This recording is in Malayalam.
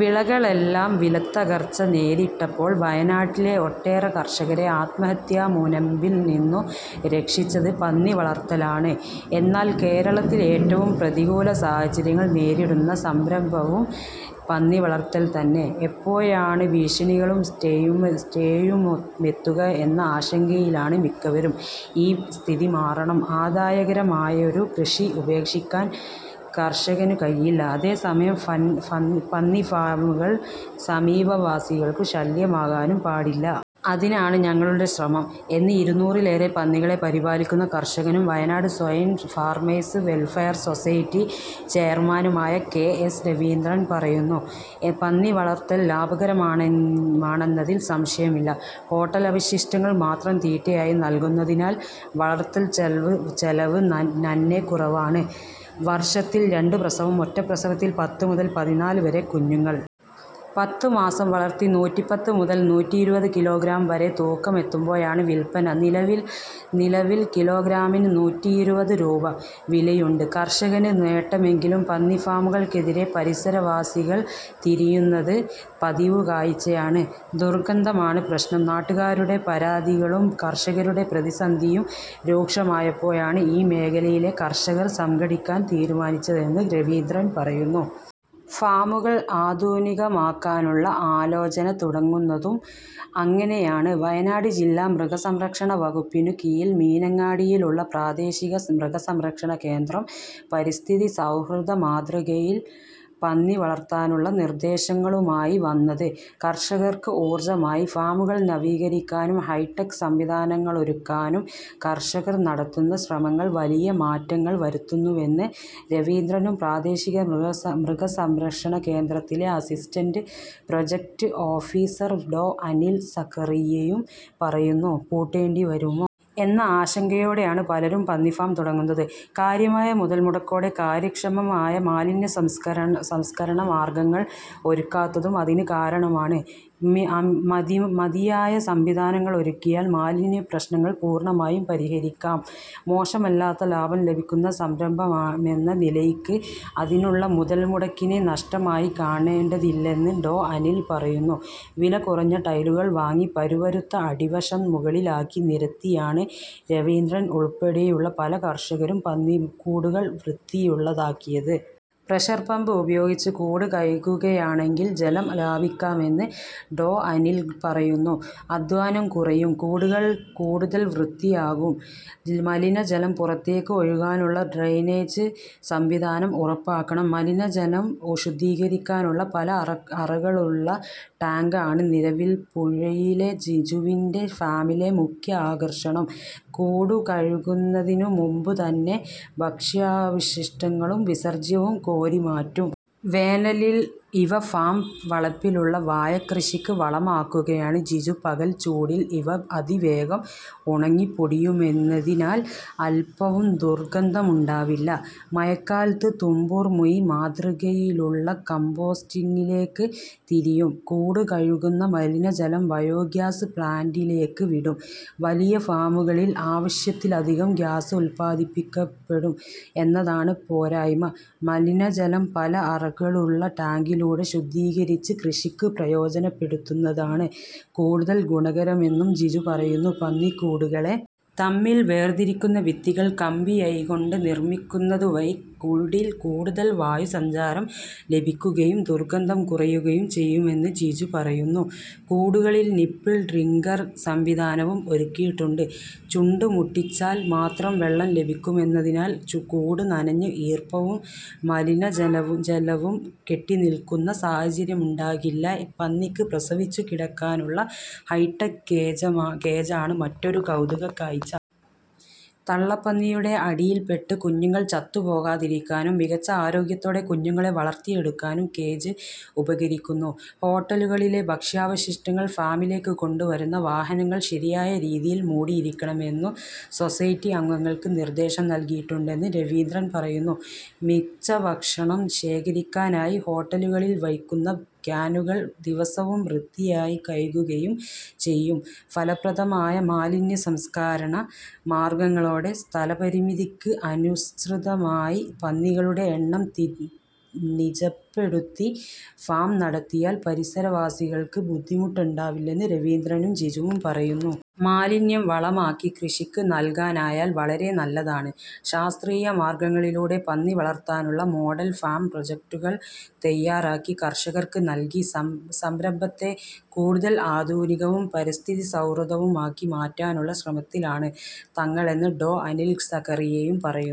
വിളകളെല്ലാം വിലത്തകർച്ച നേരിട്ടപ്പോൾ വയനാട്ടിലെ ഒട്ടേറെ കർഷകരെ ആത്മഹത്യാമുനമ്പിൽനിന്നു രക്ഷിച്ചത് പന്നിവളർത്തലാണ്. എന്നാൽ കേരളത്തിലേറ്റവും പ്രതികൂല സാഹചര്യങ്ങൾ നേരിടുന്ന സംരംഭവും പന്നിവളർത്തൽ തന്നെ. എപ്പോഴാണ് ഭീഷണികളും സ്റ്റേയുമെത്തുക എന്ന ആശങ്കയിലാണ് മിക്കവരും. ഈ സ്ഥിതി മാറണം. ആദായകരമായൊരു കൃഷി ഉപേക്ഷിക്കാൻ കർഷകനു കഴിയില്ല. അതേസമയം പന്നിഫാമുകൾ സമീപവാസികൾക്കു ശല്യമാകാനും പാടില്ല. അതിനാണ് ഞങ്ങളുടെ ശ്രമം എന്ന് ഇരുനൂറിലേറെ പന്നികളെ പരിപാലിക്കുന്ന കർഷകനും Wayanad swine farmers welfare society ചെയർമാനുമായ കെ എസ് രവീന്ദ്രൻ പറയുന്നു. പന്നിവളർത്തൽ ലാഭകരമാണെന്നതിൽ സംശയമില്ല. ഹോട്ടലവശിഷ്ടങ്ങൾ മാത്രം തീറ്റയായി നൽകുന്നതിനാൽ വളർത്തൽച്ചെലവ് നന്നേ കുറവാണ്. വർഷത്തിൽ രണ്ടു പ്രസവം. ഒറ്റ പ്രസവത്തിൽ പത്ത് മുതൽ പതിനാല് വരെ കുഞ്ഞുങ്ങൾ. പത്ത് മാസം വളർത്തി നൂറ്റിപ്പത്ത് മുതൽ നൂറ്റിയിരുപത് കിലോഗ്രാം വരെ തൂക്കമെത്തുമ്പോഴാണ് വിൽപന. നിലവിൽ കിലോഗ്രാമിന് നൂറ്റിയിരുപത് രൂപ വിലയുണ്ട്. കർഷകന് നേട്ടമെങ്കിലും പന്നിഫാമുകൾക്കെതിരെ പരിസരവാസികൾ തിരിയുന്നത് പതിവുകാഴ്ചയാണ്. ദുർഗന്ധമാണ് പ്രശ്നം. നാട്ടുകാരുടെ പരാതികളും കർഷകരുടെ പ്രതിസന്ധിയും രൂക്ഷമായപ്പോഴാണ് ഈ മേഖലയിലെ കർഷകർ സംഘടിക്കാൻ തീരുമാനിച്ചതെന്ന് രവീന്ദ്രൻ പറയുന്നു. ഫാമുകൾ ആധുനികമാക്കാനുള്ള ആലോചന തുടങ്ങുന്നതും അങ്ങനെയാണ്. വയനാട് ജില്ലാ മൃഗസംരക്ഷണവകുപ്പിനു കീഴിൽ മീനങ്ങാടിയിലുള്ള പ്രാദേശിക മൃഗസംരക്ഷണകേന്ദ്രം പരിസ്ഥിതി സൗഹൃദ മാതൃകയിൽ പന്നിവളർത്താനുള്ള നിർദേശങ്ങളുമായി വന്നത് കർഷകർക്ക് ഊർജമായി. ഫാമുകൾ നവീകരിക്കാനും ഹൈടെക് സംവിധാനങ്ങളൊരുക്കാനും കർഷകർ നടത്തുന്ന ശ്രമങ്ങൾ വലിയ മാറ്റങ്ങൾ വരുത്തുന്നുവെന്ന് രവീന്ദ്രനും പ്രാദേശിക മൃഗസംരക്ഷണകേന്ദ്രത്തിലെ അസിസ്റ്റന്റ് പ്രോജക്ട് ഓഫീസർ ഡോ അനിൽ സഖറിയയും പറയുന്നു. പൂട്ടേണ്ടിവരുമോ എന്ന ആശങ്കയോടെയാണ് പലരും പന്നിഫാം തുടങ്ങുന്നത്. കാര്യമായ മുതൽമുടക്കോടെ കാര്യക്ഷമമായ മാലിന്യസംസ്കരണ മാർഗങ്ങൾ ഒരുക്കാത്തതും അതിന് കാരണമാണ്. മതിയായ സംവിധാനങ്ങളൊരുക്കിയാൽ മാലിന്യ പ്രശ്നങ്ങൾ പൂർണമായും പരിഹരിക്കാം. മോശമല്ലാത്ത ലാഭം ലഭിക്കുന്ന സംരംഭമെന്ന നിലയ്ക്ക് അതിനുള്ള മുതൽമുടക്കിനെ നഷ്ടമായി കാണേണ്ടതില്ലെന്ന് ഡോ അനിൽ പറയുന്നു. വില കുറഞ്ഞ ടൈലുകൾ വാങ്ങി പരുപരുത്ത അടിവശം മുകളിലാക്കി നിരത്തിയാണ് രവീന്ദ്രൻ ഉൾപ്പെടെയുള്ള പല കർഷകരും പന്നിക്കൂടുകൾ വൃത്തിയുള്ളതാക്കിയത്. പ്രഷർ പമ്പ് ഉപയോഗിച്ച് കൂട് കഴുകുകയാണെങ്കിൽ ജലം ലാഭിക്കാമെന്ന് ഡോ അനിൽ പറയുന്നു. അധ്വാനം കുറയും. കൂടുകൾ കൂടുതൽ വൃത്തിയാകും. മലിനജലം പുറത്തേക്ക് ഒഴുകാനുള്ള ഡ്രെയിനേജ് സംവിധാനം ഉറപ്പാക്കണം. മലിനജലം ശുദ്ധീകരിക്കാനുള്ള പല അറകളുള്ള ടാങ്കാണ് നിരവിൽപ്പുഴയിലെ ജിജുവിന്റെ ഫാമിലെ മുഖ്യ ആകർഷണം. കൂടു കഴുകുന്നതിനു മുമ്പുതന്നെ ഭക്ഷ്യാവശിഷ്ടങ്ങളും വിസർജ്യവും കോരി മാറ്റും. വേനലിൽ ഇവ ഫാം വളപ്പിലുള്ള വാഴക്കൃഷിക്ക് വളമാക്കുകയാണ് ജിജു. പകൽച്ചൂടിൽ ഇവ അതിവേഗം ഉണങ്ങിപ്പൊടിയുമെന്നതിനാൽ അൽപവും ദുർഗന്ധമുണ്ടാവില്ല. മഴക്കാലത്ത് തുമ്പൂർമുഴി മാതൃകയിലുള്ള കമ്പോസ്റ്റിങ്ങിലേക്ക് തിരിയും. കൂടു കഴുകുന്ന മലിനജലം ബയോഗ്യാസ് പ്ലാന്റിലേക്ക് വിടും. വലിയ ഫാമുകളിൽ ആവശ്യത്തിലധികം ഗ്യാസ് ഉൽപാദിപ്പിക്കപ്പെടും എന്നതാണ് പോരായ്മ. മലിനജലം പല അറകളുള്ള ടാങ്കിലൂടെ ശുദ്ധീകരിച്ച് കൃഷിക്ക് പ്രയോജനപ്പെടുത്തുന്നതാണ് കൂടുതൽ ഗുണകരമെന്നും ജിജു പറയുന്നു. പന്നിക്കൂടുകളെ തമ്മിൽ വേർതിരിക്കുന്ന ഭിത്തികൾ കമ്പിയഴികൊണ്ട് നിർമിക്കുന്നതുവഴി കൂടിൽ കൂടുതൽ വായുസഞ്ചാരം ലഭിക്കുകയും ദുർഗന്ധം കുറയുകയും ചെയ്യുമെന്ന് ജിജു പറയുന്നു. കൂടുകളിൽ നിപ്പിൾ ഡ്രിങ്കർ സംവിധാനവും ഒരുക്കിയിട്ടുണ്ട്. ചുണ്ടുമുട്ടിച്ചാൽ മാത്രം വെള്ളം ലഭിക്കുമെന്നതിനാൽ കൂട് നനഞ്ഞ് ഈർപ്പവും മലിനജലവും കെട്ടിനിൽക്കുന്ന സാഹചര്യമുണ്ടാകില്ല. പന്നിക്ക് പ്രസവിച്ചു കിടക്കാനുള്ള ഹൈടെക് കേജാണ് മറ്റൊരു കൗതുകക്കാഴ്ച. തള്ളപ്പന്നിയുടെ അടിയിൽപ്പെട്ട് കുഞ്ഞുങ്ങൾ ചത്തുപോകാതിരിക്കാനും മികച്ച ആരോഗ്യത്തോടെ കുഞ്ഞുങ്ങളെ വളർത്തിയെടുക്കാനും കേജ് ഉപകരിക്കുന്നു. ഹോട്ടലുകളിലെ ഭക്ഷ്യാവശിഷ്ടങ്ങൾ ഫാമിലേക്ക് കൊണ്ടുവരുന്ന വാഹനങ്ങൾ ശരിയായ രീതിയിൽ മൂടിയിരിക്കണമെന്നു സൊസൈറ്റി അംഗങ്ങൾക്ക് നിർദേശം നൽകിയിട്ടുണ്ടെന്ന് രവീന്ദ്രൻ പറയുന്നു. മിച്ചഭക്ഷണം ശേഖരിക്കാനായി ഹോട്ടലുകളിൽ വയ്ക്കുന്ന ക്യാനുകൾ ദിവസവും വൃത്തിയായി കഴുകുകയും ചെയ്യും. ഫലപ്രദമായ മാലിന്യസംസ്കരണ മാർഗങ്ങളോടെ സ്ഥലപരിമിതിക്ക് അനുസൃതമായി പന്നികളുടെ എണ്ണം നിജപ്പെടുത്തി ഫാം നടത്തിയാൽ പരിസരവാസികൾക്ക് ബുദ്ധിമുട്ടുണ്ടാവില്ലെന്ന് രവീന്ദ്രനും ജിജുവും പറയുന്നു. മാലിന്യം വളമാക്കി കൃഷിക്ക് നൽകാനായാൽ വളരെ നല്ലതാണ്. ശാസ്ത്രീയ മാർഗങ്ങളിലൂടെ പന്നിവളർത്താനുള്ള മോഡൽ ഫാം പ്രോജക്ടുകൾ തയാറാക്കി കർഷകർക്ക് നൽകി സംരംഭത്തെ കൂടുതൽ ആധുനികവും പരിസ്ഥിതി സൗഹൃദവുമാക്കി മാറ്റാനുള്ള ശ്രമത്തിലാണ് തങ്ങളെന്ന് ഡോ അനിൽ സഖറിയയും പറയുന്നു.